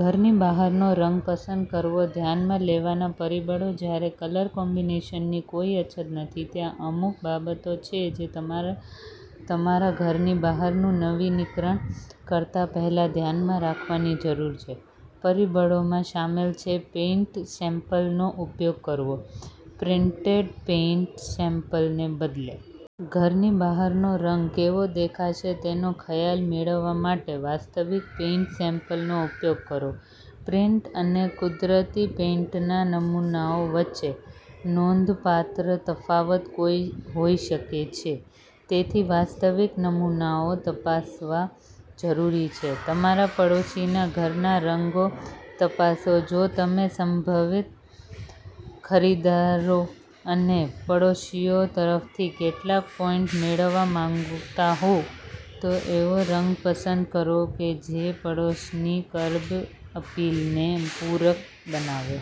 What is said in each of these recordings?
ઘરની બહારનો રંગ પસંદ કરવો ધ્યાનમાં લેવાના પરિબળો જ્યારે કલર કોમ્બિનેશનની કોઈ અછત નથી, ત્યાં અમુક બાબતો છે જે તમારે તમારા ઘરની બહારનું નવીનીકરણ કરતા પહેલા ધ્યાનમાં રાખવાની જરૂર છે. પરિબળોમાં શામેલ છે પેઇન્ટ સેમ્પલનો ઉપયોગ કરવો પ્રિન્ટેડ પેઇન્ટ સેમ્પલને બદલે. ઘરની બહારનો રંગ કેવો દેખાશે તેનો ખ્યાલ મેળવવા માટે વાસ્તવિક પેઇન્ટ સેમ્પલનો ઉપયોગ કરો. પ્રિન્ટ અને કુદરતી પેઇન્ટના નમૂનાઓ વચ્ચે નોંધપાત્ર તફાવત હોઈ શકે છે, તેથી વાસ્તવિક નમૂનાઓ તપાસવા જરૂરી છે. તમારા પડોશીના ઘરના રંગો તપાસો જો તમે સંભવિત ખરીદદારો અને પડોશીઓ તરફથી કેટલાક પોઈન્ટ મેળવવા માંગતા હો, તો એવો રંગ પસંદ કરો કે જે પડોશની કર્બ અપીલને પૂરક બનાવે.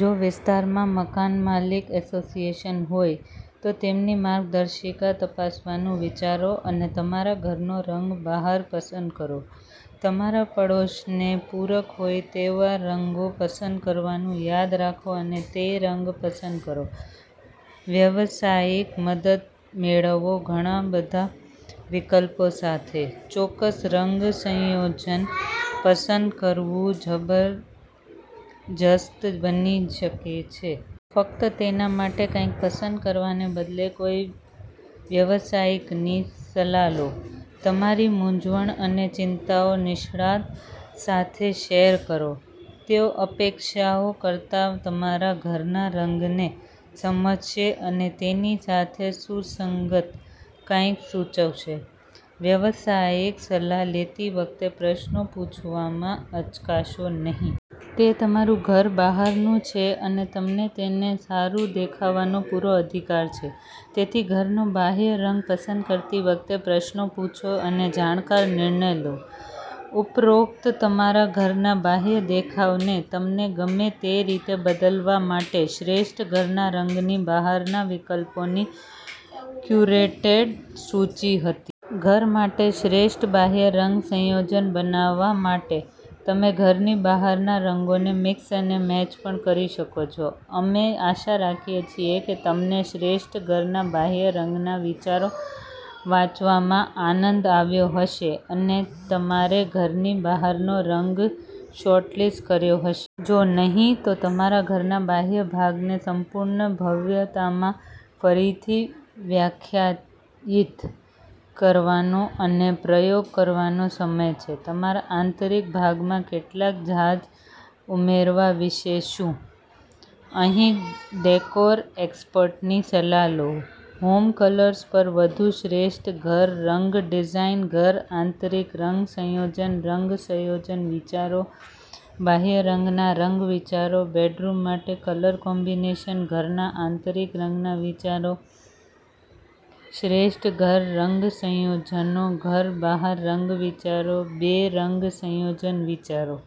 જો વિસ્તારમાં મકાનમાલિક એસોસિએશન હોય, તો તેમની માર્ગદર્શિકા તપાસવાનું વિચારો અને તમારા ઘરનો રંગ બહાર પસંદ કરો. તમારા પડોશને પૂરક હોય તેવા રંગો પસંદ કરવાનું યાદ રાખો અને તે રંગ પસંદ કરો. વ્યવસાયિક મદદ મેળવો ઘણા બધા વિકલ્પો સાથે, ચોક્કસ રંગ સંયોજન પસંદ કરવું જબરજસ્ત બની શકે છે. ફક્ત તેના માટે કંઈક પસંદ કરવાને બદલે કોઈ વ્યાવસાયિકની સલાહ લો. તમારી મૂંઝવણ અને ચિંતાઓ નિષ્ણાત સાથે શેર કરો. તેઓ અપેક્ષાઓ કરતાં તમારા ઘરના રંગને સમજશે અને તેની સાથે સુસંગત કંઈક સૂચવશે. વ્યવસાયિક સલાહ લેતી વખતે, પ્રશ્નો પૂછવામાં અચકાશો નહીં. તે તમારું ઘર બહારનું છે અને તમને તેને સારું દેખાવાનો પૂરો અધિકાર છે. તેથી, ઘરનો બાહ્ય રંગ પસંદ કરતી વખતે પ્રશ્નો પૂછો અને જાણકાર નિર્ણય લો. ઉપરોક્ત તમારા ઘરના બાહ્ય દેખાવને તમને ગમે તે રીતે બદલવા માટે શ્રેષ્ઠ ઘરના રંગની બહારના વિકલ્પોની ક્યુરેટેડ સૂચિ હતી. ઘર માટે શ્રેષ્ઠ બાહ્ય રંગ સંયોજન બનાવવા માટે તમે ઘરની બહારના રંગોને મિક્સ અને મેચ પણ કરી શકો છો. અમે આશા રાખીએ છીએ કે તમને શ્રેષ્ઠ ઘરના બાહ્ય રંગના વિચારો વાંચવામાં આનંદ આવ્યો હશે અને તમારે ઘરની બહારનો રંગ શોર્ટલિસ્ટ કર્યો હશે. જો નહિં, તો તમારા ઘરના બાહ્ય ભાગને સંપૂર્ણ ભવ્યતામાં ફરીથી વ્યાખ્યાયિત કરવાનો અને પ્રયોગ કરવાનો સમય છે. તમારા આંતરિક ભાગમાં કેટલાક જાઝ ઉમેરવા વિશે શું? અહીં ડેકોર એક્સપર્ટની સલાહ લો. હોમ કલર્સ પર વધુ શ્રેષ્ઠ ઘર રંગ ડિઝાઇન ઘર આંતરિક રંગ સંયોજન રંગ સંયોજન વિચારો, બાહ્ય ઘરના રંગ વિચારો, બેડરૂમ માટે કલર કોમ્બિનેશન ઘરના આંતરિક રંગના વિચારો, શ્રેષ્ઠ ઘર રંગ સંયોજનો ઘર બહાર રંગ વિચારો, બે રંગ સંયોજન વિચારો.